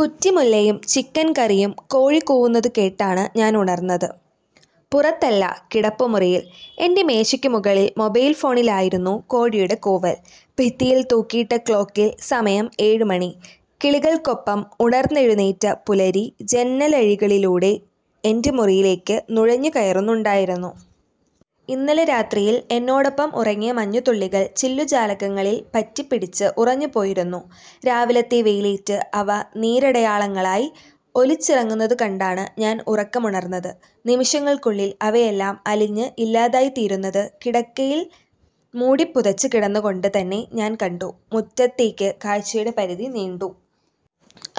കുറ്റിമുല്ലയും chicken കറിയും കോഴി കൂവുന്നതു കേട്ടാണ് ഞാൻ ഉണർന്നത്. പുറത്തല്ല, കിടപ്പുമുറിയിൽ. എന്റെ മേശയ്ക്ക് മുകളിൽ മൊബൈൽ ഫോണിലായിരുന്നു കോഴിയുടെ കൂവൽ. ഭിത്തിയിൽ തൂക്കിയിട്ട ക്ലോക്കിൽ സമയം ഏഴുമണി. കിളികൾക്കൊപ്പം ഉണർന്നെഴുനേറ്റ പുലരി ജന്നലഴികളിലൂടെ എന്റെ മുറിയിലേക്ക് നുഴഞ്ഞു കയറുന്നുണ്ടായിരുന്നു. ഇന്നലെ രാത്രിയിൽ എന്നോടൊപ്പം ഉറങ്ങിയ മഞ്ഞുതുള്ളികൾ ചില്ലു ജാലകങ്ങളിൽ പറ്റിപ്പിടിച്ച് ഉറഞ്ഞ് പോയിരുന്നു. രാവിലത്തെ വെയിലേറ്റ് അവ നീരടയാളങ്ങളായി ഒലിച്ചിറങ്ങുന്നതു കണ്ടാണ് ഞാൻ ഉറക്കമുണർന്നത്. നിമിഷങ്ങൾക്കുള്ളിൽ അവയെല്ലാം അലിഞ്ഞ് ഇല്ലാതായിത്തീരുന്നത് കിടക്കയിൽ മൂടിപ്പുതച്ച് കിടന്നുകൊണ്ട് തന്നെ ഞാൻ കണ്ടു. മുറ്റത്തേക്ക് കാഴ്ചയുടെ പരിധി നീണ്ടു.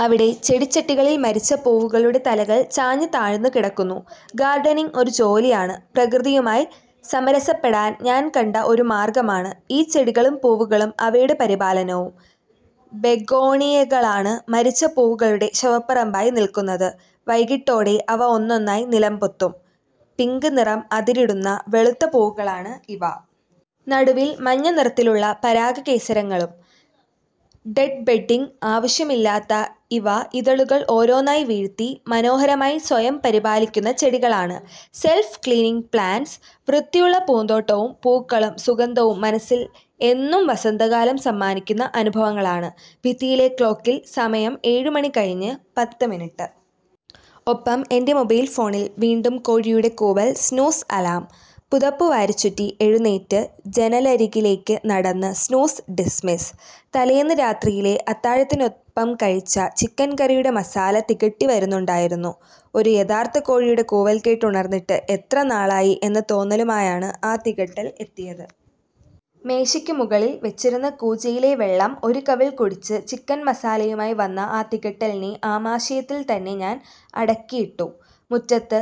അവിടെ ചെടിച്ചട്ടികളിൽ മരിച്ച പൂവുകളുടെ തലകൾ ചാഞ്ഞ് താഴ്ന്ന് കിടക്കുന്നു. ഗാർഡനിംഗ് ഒരു ജോലിയാണ്. പ്രകൃതിയുമായി സമരസപ്പെടാൻ ഞാൻ കണ്ട ഒരു മാർഗമാണ് ഈ ചെടികളും പൂവുകളും അവയുടെ പരിപാലനവും. ബെഗോണിയകളാണ് മരിച്ച പൂവുകളുടെ ശവപ്പറമ്പായി നിൽക്കുന്നത്. വൈകീട്ടോടെ അവ ഒന്നൊന്നായി നിലംപൊത്തും. പിങ്ക് നിറം അതിരിടുന്ന വെളുത്ത പൂവുകളാണ് ഇവ. നടുവിൽ മഞ്ഞ നിറത്തിലുള്ള പരാഗകേസരങ്ങളും. ഡെഡ്ബെഡ്ഡിംഗ് ആവശ്യമില്ലാത്ത ഇവ ഇതളുകൾ ഒരോന്നായി വീഴ്ത്തി മനോഹരമായി സ്വയം പരിപാലിക്കുന്ന ചെടികളാണ് -സെല്ഫ് ക്ലീനിംഗ് പ്ലാന്റ്സ്. വൃത്തിയുള്ള പൂന്തോട്ടവും, പൂക്കളും, സുഗന്ധവും മനസ്സില് എന്നും വസന്തകാലം സമ്മാനിക്കുന്ന അനുഭവങ്ങളാണ് ഭിത്തിയിലെ ക്ലോക്കില് സമയം ഏഴു മണി കഴിഞ്ഞ് പത്ത് മിനിട്ട്. ഒപ്പം, എന്റെ മൊബൈൽ ഫോണിൽ വീണ്ടും കോഴിയുടെ കൂവൽ സ്നൂസ് അലാം. പുതപ്പുവാരിച്ചുറ്റി എഴുന്നേറ്റ് ജന്നലരികിലേക്ക് നടന്നു സ്നൂസ് ഡിസ്മിസ്. തലേന്ന് രാത്രിയിലെ അത്താഴത്തിനൊപ്പം കഴിച്ച ചിക്കൻ കറിയുടെ മസാല തികട്ടി വരുന്നുണ്ടായിരുന്നു. ഒരു യഥാർത്ഥ കോഴിയുടെ കൂവൽ കേട്ട് ഉണർന്നിട്ട് എത്ര നാളായി എന്ന തോന്നലുമായാണ് ആ തികട്ടൽ എത്തിയത്. മേശയ്ക്ക് മുകളിൽ വെച്ചിരുന്ന കൂജയിലെ വെള്ളം ഒരു കവിൾ കുടിച്ച് ചിക്കൻ മസാലയുമായി വന്ന ആ തികട്ടലിനെ ആമാശയത്തിൽ തന്നെ ഞാൻ അടക്കിയിട്ടു. മുറ്റത്ത്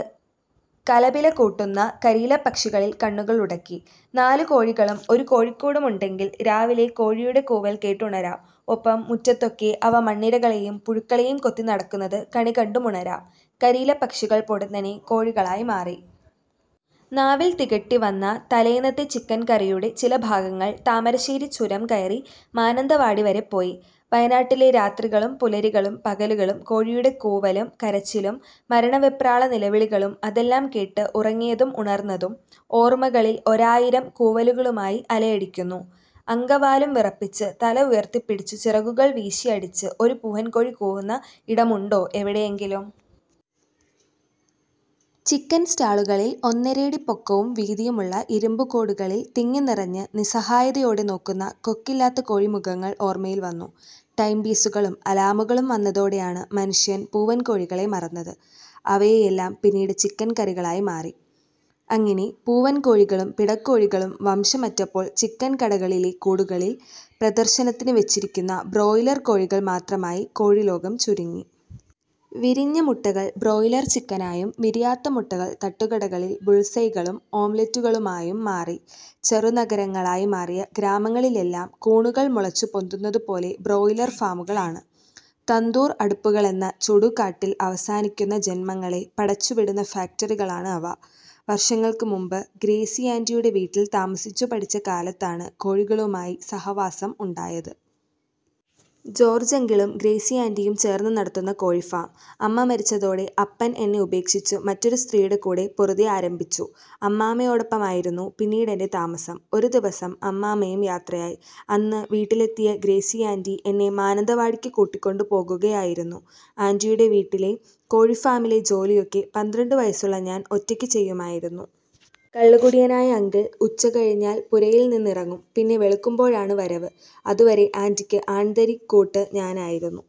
കലപിലകൂട്ടുന്ന കരിയിലപക്ഷികളിൽ കണ്ണുകൾ ഉടക്കി. നാലു കോഴികളും ഒരു കോഴിക്കൂടും ഉണ്ടെങ്കിൽ രാവിലെ കോഴിയുടെ കൂവൽ കേട്ടുണരാം. ഒപ്പം മുറ്റത്തൊക്കെ അവ മണ്ണിരകളെയും പുഴുക്കളേയും കൊത്തി നടക്കുന്നത് കണികണ്ടുമുണരാം കരിയില പക്ഷികൾ പൊടുന്നനെ കോഴികളായി മാറി. നാവിൽ തികട്ടിവന്ന തലേന്നത്തെ ചിക്കൻ കറിയുടെ ചില ഭാഗങ്ങൾ താമരശ്ശേരി ചുരം കയറി മാനന്തവാടി വരെ പോയി വയനാട്ടിലെ രാത്രികളും, പുലരികളും, പകലുകളും കോഴിയുടെ കൂവലും കരച്ചിലും മരണവെപ്രാള നിലവിളികളും അതെല്ലാം കേട്ട് ഉറങ്ങിയതും ഉണർന്നതും, ഓർമകളിൽ ഒരായിരം കൂവലുകളുമായി അലയടിക്കുന്നു അങ്കവാലും വിറപ്പിച്ച് തല ഉയർത്തിപ്പിടിച്ചു ചിറകുകൾ വീശിഅടിച്ച് ഒരു പൂവൻ കോഴി കൂവുന്ന ഇടമുണ്ടോ എവിടെയെങ്കിലും.? ചിക്കൻ സ്റ്റാളുകളിൽ, ഒന്നരയടി പൊക്കവും വീതിയുമുള്ള ഇരുമ്പുകൂടുകളിൽ തിങ്ങിനിറഞ്ഞ് നിസ്സാഹയതോടെ നോക്കുന്ന കൊക്കില്ലാത്ത കോഴി മുഖങ്ങൾ ഓർമയിൽ വന്നു. ടൈം പീസുകളും അലാമുകളും വന്നതോടെയാണ് മനുഷ്യൻ പൂവൻ കോഴികളെ മറന്നത്. അവയെയെല്ലാം പിന്നീട് ചിക്കൻ കറികളായി മാറി. അങ്ങിനെ പൂവൻകോഴികളും പിടക്കോഴികളും വംശം അറ്റപ്പോൾ ചിക്കൻ കടകളിലെ കൂടുകളിൾ പ്രദർശനത്തിന് വെച്ചിരിക്കുന്ന ബ്രോയിലർ കോഴികൾ മാത്രമായി കോഴിലോകം ചുരുങ്ങി. വിരിഞ്ഞ മുട്ടകൾ ബ്രോയിലർ ചിക്കനായും വിരിയാത്ത മുട്ടകൾ തട്ടുകടകളിൽ ബുള്സൈകളും ഓംലെറ്റുകളുമായും മാറി ചെറുനഗരങ്ങളായി മാറിയ ഗ്രാമങ്ങളിലെല്ലാം കൂണുകൾ മുളച്ചു പൊന്തുന്നതു പോലെ ബ്രോയിലർ ഫാമുകളാണ്. തന്തൂർ അടുപ്പുകളെന്ന ചുടുകാട്ടിൽ അവസാനിക്കുന്ന ജന്മങ്ങളെ പടച്ചുവിടുന്ന ഫാക്ടറികളാണ് അവ. വർഷങ്ങൾക്ക് മുമ്പ് ഗ്രേസിയാന്റിയുടെ വീട്ടിൽ താമസിച്ചു പഠിച്ച കാലത്താണ് കോഴികളുമായി സഹവാസം ഉണ്ടായത്. ജോർജങ്കിളും ഗ്രേസിയാന്റിയും ചേർന്നു നടത്തുന്ന കോഴിഫാം. അമ്മ മരിച്ചതോടെ അപ്പൻ എന്നെ ഉപേക്ഷിച്ചു മറ്റൊരു സ്ത്രീയുടെ കൂടെ പൊറുതി ആരംഭിച്ചിരുന്നു. അമ്മാമ്മയൊടൊപ്പമായിരുന്നു പിന്നീട് എന്റെ താമസം. ഒരു ദിവസം അമ്മാമ്മയും യാത്രയായി. അന്ന് വീട്ടിലെത്തിയ ഗ്രേസിയാന്റി എന്നെ മാനന്തവാടിക്ക് കൂട്ടിക്കൊണ്ടു പോകുകയായിരുന്നു. ആൻ്റിയുടെ വീട്ടിലെ കോഴിഫാമിലെ ജോലിയൊക്കെ പന്ത്രണ്ട് വയസ്സുള്ള ഞാൻ ഒറ്റയ്ക്ക് ചെയ്യുമായിരുന്നു. കള്ളുകുടിയനായ അങ്കിൾ ഉച്ചകഴിഞ്ഞാൽ പുരയിൽ നിന്നിറങ്ങും പിന്നെ വെളുക്കുമ്പോഴാണ് വരവ്. അതുവരെ ആന്റിക്ക് ആൺതരി കൂട്ട് ഞാനായിരുന്നു.